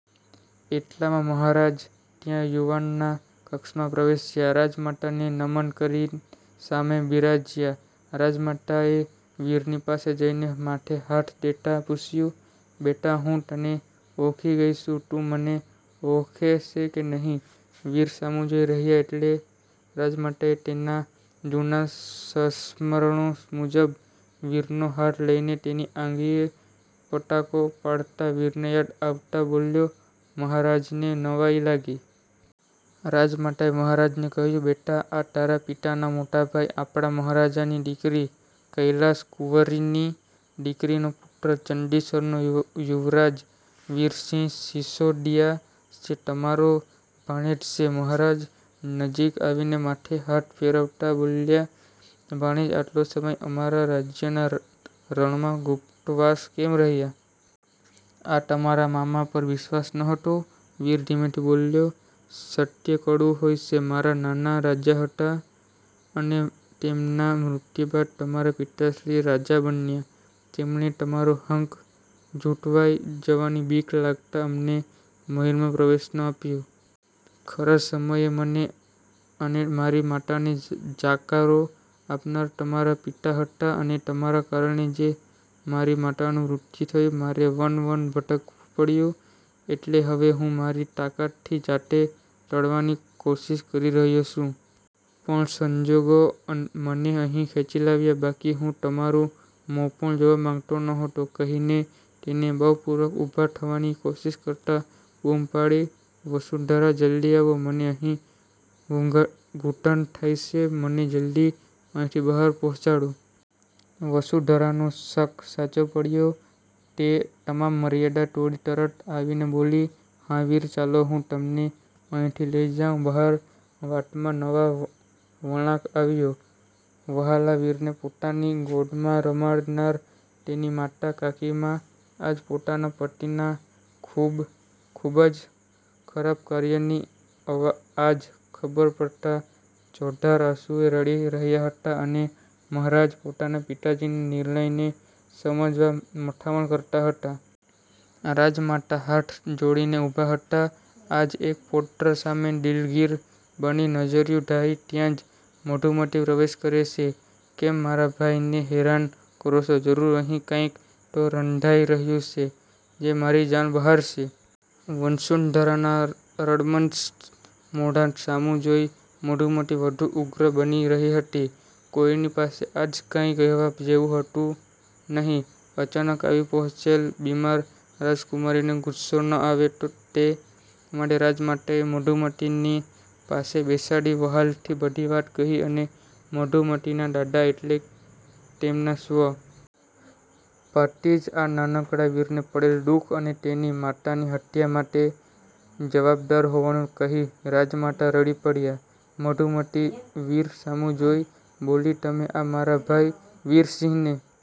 એટલામાં મહારાજ ત્યાં યુવાનના કક્ષમાં પ્રવેશ્યાં. રાજમાતાને નમન કરી સામે બિરાજ્યાં. રાજમાતાએ વીરની પાસે જઈને માથે હાથ દેતા પૂછ્યું,"બેટા હું તને ઓળખી ગઈ છું, તું મને ઓળખે છે કે નહીં?" વીર સામું જોઈ રહયો એટલે રાજમાતાએ તેનાં જુના સંસ્મરણો મુજબ વીરનો હાથ લઇને તેની આંગળીએ પટાકો પાડતાં વીરને યાદ આવતાં બોલ્યો, મહારાજને નવાઈ લાગી. રાજમાતાએ મહારાજને કહ્યું,"બેટા આ તારા પિતાનાં મોટાભાઈ આપડા મહારાજાની દિકરી કૈલાસકુંવરીની દીકરીનો પૂત્ર ચંડીસરનો યુવરાજ વીરસિંહ સીસોદીયા છે. તમારો ભાણેજ છે." મહારાજ નજીક આવીને માથે હાથ ફેરવતાં બોલ્યાં,"ભાણેજ આટલો સમય અમારા રાજ્યના રણમાં ગુપ્તવાસ કેમ રહ્યાં? આ તમારાં મામા પર વિશ્વાસ ન હતો?" વીર ધીમેથી બોલ્યો,"સત્ય કડવું હોય છે. મારાં નાનાં રાજા હતાં, અને તેમનાં મૃત્યુ બાદ તમારાં પિતાશ્રી રાજા બન્યાં. તેમણે તમારો હક ઝુંટવાઈ જવાની બીક લાગતાં અમને મહેલમાં પ્રવેશ ન આપ્યો. ખરાં સમયે મને અને મારી માતાને જાકારો આપનાર તમારાં પિતા હતાં, અને તમારાં કારણે જ મારી માતાનું મૃત્યુ થયું, મારે વન-વન ભટકવું પડ્યું. એટલે હવે હું મારી તાકતથી જાતે લડવાની કોશિશ કરી રહયો છું. પણ સંજોગો મને અહીં ખેંચી લાવ્યાં. બાકી હું તમારુ મો પણ જોવા માંગતો ન હતો." કહીને તેને બળપૂર્વક ઊભાં થવાની કોશિશ કરતાં બૂમ પાડી,"વસુંધરા જલ્દી આવો, મને અહીં ઘુટન થાય છે. મને જલ્દી અહીંથી બહાર પહોંચાડો." વસુંધરાનો શક સાચો પડ્યો તે તમામ મર્યાદા તોડી તરત આવીને બોલી,"હાં વીર ચાલો હું તમને અહીંથી લઈ જાવ બહાર." વાતમાં નવો વણાંક આવ્યો, વ્હાલા વીરને પોતાની ગોદમાં રમાડનાર તેની માતાનાં કાકીમા આજ પોતાનાં પતિનાં ખુબ જ ખરાબ કાર્યની આજ ખબર પડતાં ચોધાર આંસુએ રડી રહ્યાં હતાં, અને મહારાજ પોતાનાં પિતાજીના નિર્ણયને સમજવા મથામણ કરતાં હતાં. રાજમાતા હાથ જોડીને ઊભાં હતાં આજ એક પૌત્ર સામે દિલગીર બની નજર્યું ઢાળી. ત્યાં જ મધુમતી પ્રવેશ કરે છે,"કેમ મારા ભાઈને હેરાન કરો છો? જરૂર અહીં કાંઈક તો રંધાઈ રહ્યુ છે, જે મારી જાણ બહાર છે." વસુંધરાના રડમશ મોઢા સામું જોઈ મધુમતી વઘુ ઉગ્ર બની રહી હતી. કોઈની પાસે આજ કાંઈ કહેવા જેવું હતું નહીં. અચાનક આવી પહોંચેલ બીમાર રાજકુમારીને ગુસ્સો ન આવે તે માટે રાજમાતાએ મધુમતીને પાસે બેસાડી વ્હાલથી બધી વાત કહી અને મધુમતીનાં દાદા એટલે કે તેમનાં સ્વ. પતિ જ આ નાનકડાં વીરને પડેલ દુખ અને તેની માતાની હત્યા માટે જવાબદાર હોવાનું કહી રાજમાતા રડી પડ્યાં. મધુમતી વીર સામું જોઈ બોલી,"તમે આ મારા ભાઈ વીરસિંહને